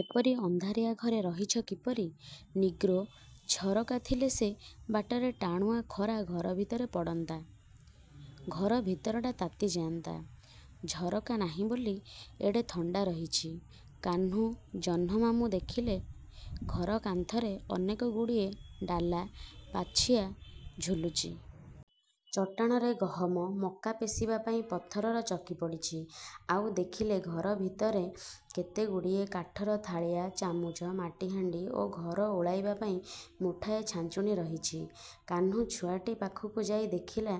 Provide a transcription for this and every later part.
ଏପରି ଅନ୍ଧାରିଆ ଘରେ ରହିଛ କିପରି? ନିଗ୍ରୋ, ଝରକା ଥିଲେ ସେ ବାଟରେ ଟାଣୁଆ ଖରା ଘର ଭିତରେ ପଡ଼ନ୍ତା। ଘର ଭିତରଟା ତାତି ଯାଆନ୍ତା। ଝରକା ନାହିଁ ବୋଲି ଏଡ଼େ ଥଣ୍ଡା ରହିଛି। କାହ୍ନୁ ଜହ୍ନମାମୁଁ ଦେଖିଲେ ଘର କାନ୍ଥରେ ଅନେକ ଗୁଡ଼ିଏ ଡାଲା, ପାଛିଆ ଝୁଲୁଛି। ଚଟାଣରେ ଗହମ, ମକା ପେଷିବା ପାଇଁ ପଥରର ଚକି ପଡ଼ିଛି। ଆଉ ଦେଖିଲେ, ଘର ଭିତରେ କେତେଗୁଡ଼ିଏ କାଠର ଥାଳିଆ, ଚାମୁଚ, ମାଟିହାଣ୍ଡି ଓ ଘର ଓଳାଇବା ପାଇଁ ମୁଠାଏ ଛାଞ୍ଚୁଣୀ ରହିଛି। କାହ୍ନୁ ଛୁଆଟି ପାଖକୁ ଯାଇ ଦେଖିଲା,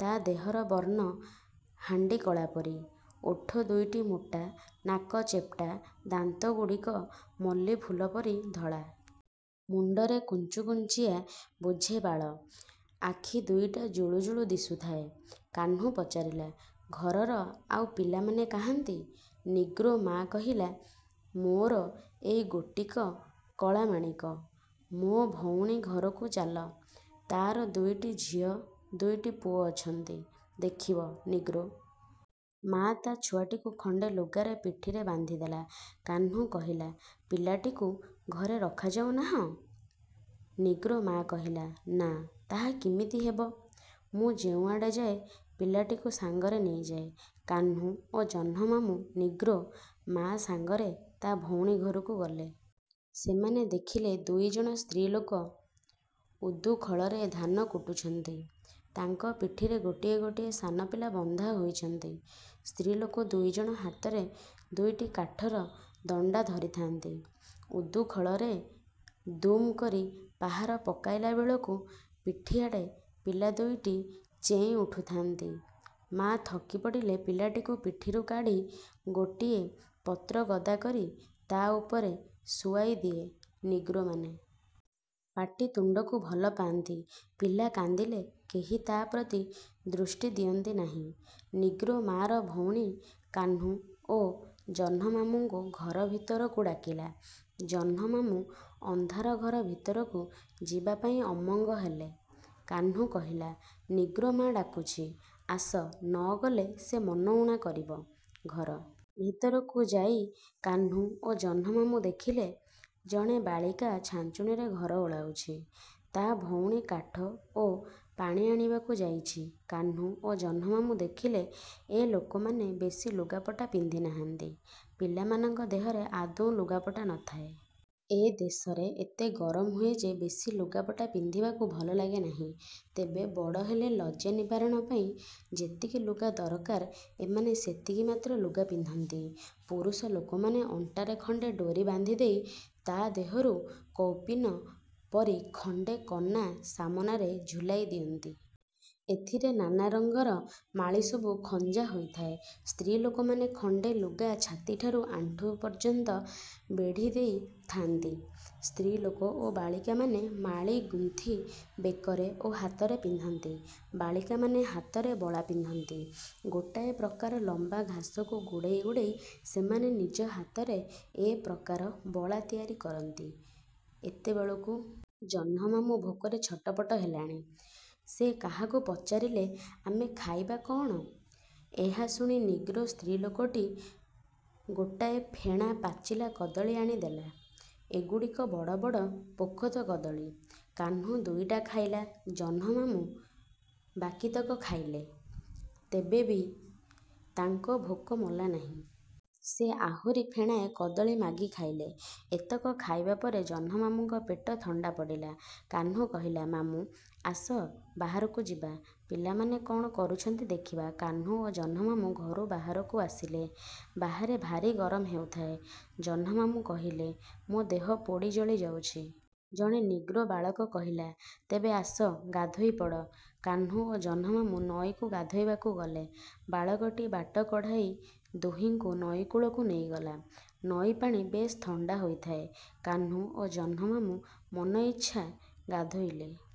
ତା' ଦେହର ବର୍ଣ୍ଣ ହାଣ୍ଡିକଳା ପରି, ଓଠ ଦୁଇଟି ମୋଟା, ନାକ ଚେପ୍ଟା, ଦାନ୍ତଗୁଡ଼ିକ ମଲ୍ଲୀଫୁଲ ପରି ଧଳା। ମୁଣ୍ଡରେ କୁଞ୍ଚୁକୁଞ୍ଚିଆ ବୋଝେ ବାଳ, ଆଖି ଦୁଇଟି ଜୁଳୁ ଜୁଳୁ ଦିଶୁଥାଏ। କାହ୍ନୁ ପଚାରିଲା, ଘରର ଆଉ ପିଲାମାନେ କାହାଁନ୍ତି? ନିଗ୍ରୋ ମା' କହିଲା, ମୋର ଏଇ ଗୋଟିକ କଳାମାଣିକ। ମୋ ଭଉଣୀ ଘରକୁ ଚାଲ। ତା'ର ଦୁଇଟି ଝିଅ ଦୁଇଟି ପୁଅ ଅଛନ୍ତି, ଦେଖିବ। ନିଗ୍ରୋ ମା' ତା' ଛୁଆଟିକୁ ଖଣ୍ଡେ ଲୁଗାରେ ପିଠିରେ ବାନ୍ଧିଦେଲା। କାହ୍ନୁ କହିଲା, ପିଲାଟିକୁ ଘରେ ରଖାଯାଉ ନାହଁ? ନିଗ୍ରୋ ମା' କହିଲା, ନା ତାହା କିମିତି ହେବ? ମୁଁ ଯେଉଁଆଡ଼େ ଯାଏ, ପିଲାଟିକୁ ସାଙ୍ଗରେ ନେଇଯାଏ। କାହ୍ନୁ ଓ ଜହ୍ନମାମୁଁ ନିଗ୍ରୋ ମା' ସାଙ୍ଗରେ ତା' ଭଉଣୀ ଘରକୁ ଗଲେ। ସେମାନେ ଦେଖିଲେ, ଦୁଇଜଣ ସ୍ତ୍ରୀଲୋକ ଉଦୁଖଳରେ ଧାନ କୁଟୁଛନ୍ତି। ତାଙ୍କ ପିଠିରେ ଗୋଟିଏ ଗୋଟିଏ ସାନପିଲା ବନ୍ଧା ହୋଇଛନ୍ତି। ସ୍ତ୍ରୀଲୋକ ଦୁଇଜଣ ହାତରେ ଦୁଇଟି କାଠର ଦଣ୍ଡା ଧରିଥାନ୍ତି। ଉଦୁଖଳରେ ଦୁମ୍ କରି ପାହାର ପକାଇଲା ବେଳକୁ ପିଠିଆଡ଼େ ପିଲା ଦୁଇଟି ଚେଇଁ ଉଠୁଥାନ୍ତି। ମା' ଥକି ପଡ଼ିଲେ ପିଲାଟିକୁ ପିଠିରୁ କାଢ଼ି ଗୋଟିଏ ପତ୍ରଗଦା କରି ତା'ଉପରେ ଶୁଆଇ ଦିଏ। ନିଗ୍ରୋମାନେ ପାଟିତୁଣ୍ଡକୁ ଭଲ ପାଆନ୍ତି। ପିଲା କାନ୍ଦିଲେ କେହି ତା' ପ୍ରତି ଦୃଷ୍ଟି ଦିଅନ୍ତି ନାହିଁ। ନିଗ୍ରୋ ମା'ର ଭଉଣୀ, କାହ୍ନୁ ଓ ଜହ୍ନମାମୁଁଙ୍କୁ ଘର ଭିତରକୁ ଡାକିଲା। ଜହ୍ନମାମୁଁ ଅନ୍ଧାର ଘର ଭିତରକୁ ଯିବାପାଇଁ ଅମଙ୍ଗ ହେଲେ। କାହ୍ନୁ କହିଲା, ନିଗ୍ରୋ ମା' ଡାକୁଛି। ଆସ, ନ ଗଲେ ସେ ମନ ଊଣା କରିବ। ଘର ଭିତରକୁ ଯାଇ କାହ୍ନୁ ଓ ଜହ୍ନମାମୁଁ ଦେଖିଲେ, ଜଣେ ବାଳିକା ଛାଞ୍ଚୁଣୀରେ ଘର ଓଳାଉଛି। ତା' ଭଉଣୀ କାଠ ଓ ପାଣି ଆଣିବାକୁ ଯାଇଛି। କାହ୍ନୁ ଓ ଜହ୍ନମାମୁଁ ଦେଖିଲେ ଏ ଲୋକମାନେ ବେଶି ଲୁଗାପଟା ପିନ୍ଧି ନାହାଁନ୍ତି। ପିଲାମାନଙ୍କ ଦେହରେ ଆଦୌ ଲୁଗାପଟା ନ ଥାଏ। ଏ ଦେଶରେ ଏତେ ଗରମ ହୁଏ ଯେ, ବେଶୀ ଲୁଗାପଟା ପିନ୍ଧିବାକୁ ଭଲ ଲାଗେ ନାହିଁ। ତେବେ ବଡ଼ ହେଲେ ଲଜ୍ଜା ନିବାରଣ ପାଇଁ ଯେତିକି ଲୁଗା ଦରକାର ଏମାନେ ସେତିକି ମାତ୍ର ଲୁଗା ପିନ୍ଧନ୍ତି। ପୁରୁଷ ଲୋକମାନେ ଅଣ୍ଟାରେ ଖଣ୍ଡେ ଡୋରି ବାନ୍ଧିଦେଇ ତା' ଦେହରୁ କୌପୀନ ପରି ଖଣ୍ଡେ କନା ସାମନାରେ ଝୁଲାଇ ଦିଅନ୍ତି। ଏଥିରେ ନାନାରଙ୍ଗର ମାଳିସବୁ ଖଞ୍ଜା ହୋଇଥାଏ। ସ୍ତ୍ରୀଲୋକମାନେ ଖଣ୍ଡେ ଲୁଗା ଛାତିଠାରୁ ଆଣ୍ଠୁ ପର୍ଯ୍ୟନ୍ତ ବେଢ଼ିଦେଇ ଥାଆନ୍ତି। ସ୍ତ୍ରୀଲୋକ ଓ ବାଳିକାମାନେ ମାଳି ଗୁନ୍ଥି ବେକରେ ଓ ହାତରେ ପିନ୍ଧନ୍ତି। ବାଳିକାମାନେ ହାତରେ ବଳା ପିନ୍ଧନ୍ତି। ଗୋଟାଏ ପ୍ରକାର ଲମ୍ବା ଘାସକୁ ଗୁଡ଼େଇ ଗୁଡ଼େଇ ସେମାନେ ନିଜ ହାତରେ ଏ ପ୍ରକାର ବଳା ତିଆରି କରନ୍ତି। ଏତେବେଳକୁ ଜହ୍ନମାମୁଁ ଭୋକରେ ଛଟପଟ ହେଲେଣି। ସେ କାହାକୁ ପଚାରିଲେ, ଆମେ ଖାଇବା କଅଣ? ଏହା ଶୁଣି ନିଗ୍ରୋ ସ୍ତ୍ରୀଲୋକଟି ଗୋଟାଏ ଫେଣା ପାଚିଲା କଦଳୀ ଆଣି ଦେଲା। ଏଗୁଡ଼ିକ ବଡ଼ ବଡ଼ ପୋଖତ କଦଳୀ। କାହ୍ନୁ ଦୁଇଟା ଖାଇଲା; ଜହ୍ନମାମୁଁ ବାକିତକ ଖାଇଲେ। ତେବେ ବି ତାଙ୍କ ଭୋକ ମଲା ନାହିଁ। ସେ ଆହୁରି ଫେଣାଏ କଦଳୀ ମାଗି ଖାଇଲେ। ଏତକ ଖାଇବା ପରେ ଜହ୍ନମାମୁଁଙ୍କ ପେଟ ଥଣ୍ଡା ପଡ଼ିଲା। କାହ୍ନୁ କହିଲା, ମାମୁଁ! ଆସ ବାହାରକୁ ଯିବା। ପିଲାମାନେ କ'ଣ କରୁଛନ୍ତି ଦେଖିବା। କାହ୍ନୁ ଓ ଜହ୍ନମାମୁଁ ଘରୁ ବାହାରକୁ ଆସିଲେ। ବାହାରେ ଭାରି ଗରମ ହେଉଥାଏ। ଜହ୍ନମାମୁଁ କହିଲେ, ମୋ ଦେହ ପୋଡ଼ି ଜଳି ଯାଉଛି। ଜଣେ ନିଗ୍ରୋ ବାଳକ କହିଲା, ତେବେ ଆସ, ଗାଧୋଇପଡ଼। କାହ୍ନୁ ଓ ଜହ୍ନମାମୁଁ ନଈକୁ ଗାଧୋଇବାକୁ ଗଲେ। ବାଳକଟି ବାଟ କଢ଼ାଇ ଦୁହିଁଙ୍କୁ ନଈକୂଳକୁ ନେଇଗଲା। ନଈପାଣି ବେଶ୍ ଥଣ୍ଡା ହୋଇଥାଏ। କାହ୍ନୁ ଓ ଜହ୍ନମାମୁଁ ମନଇଚ୍ଛା ଗାଧୋଇଲେ।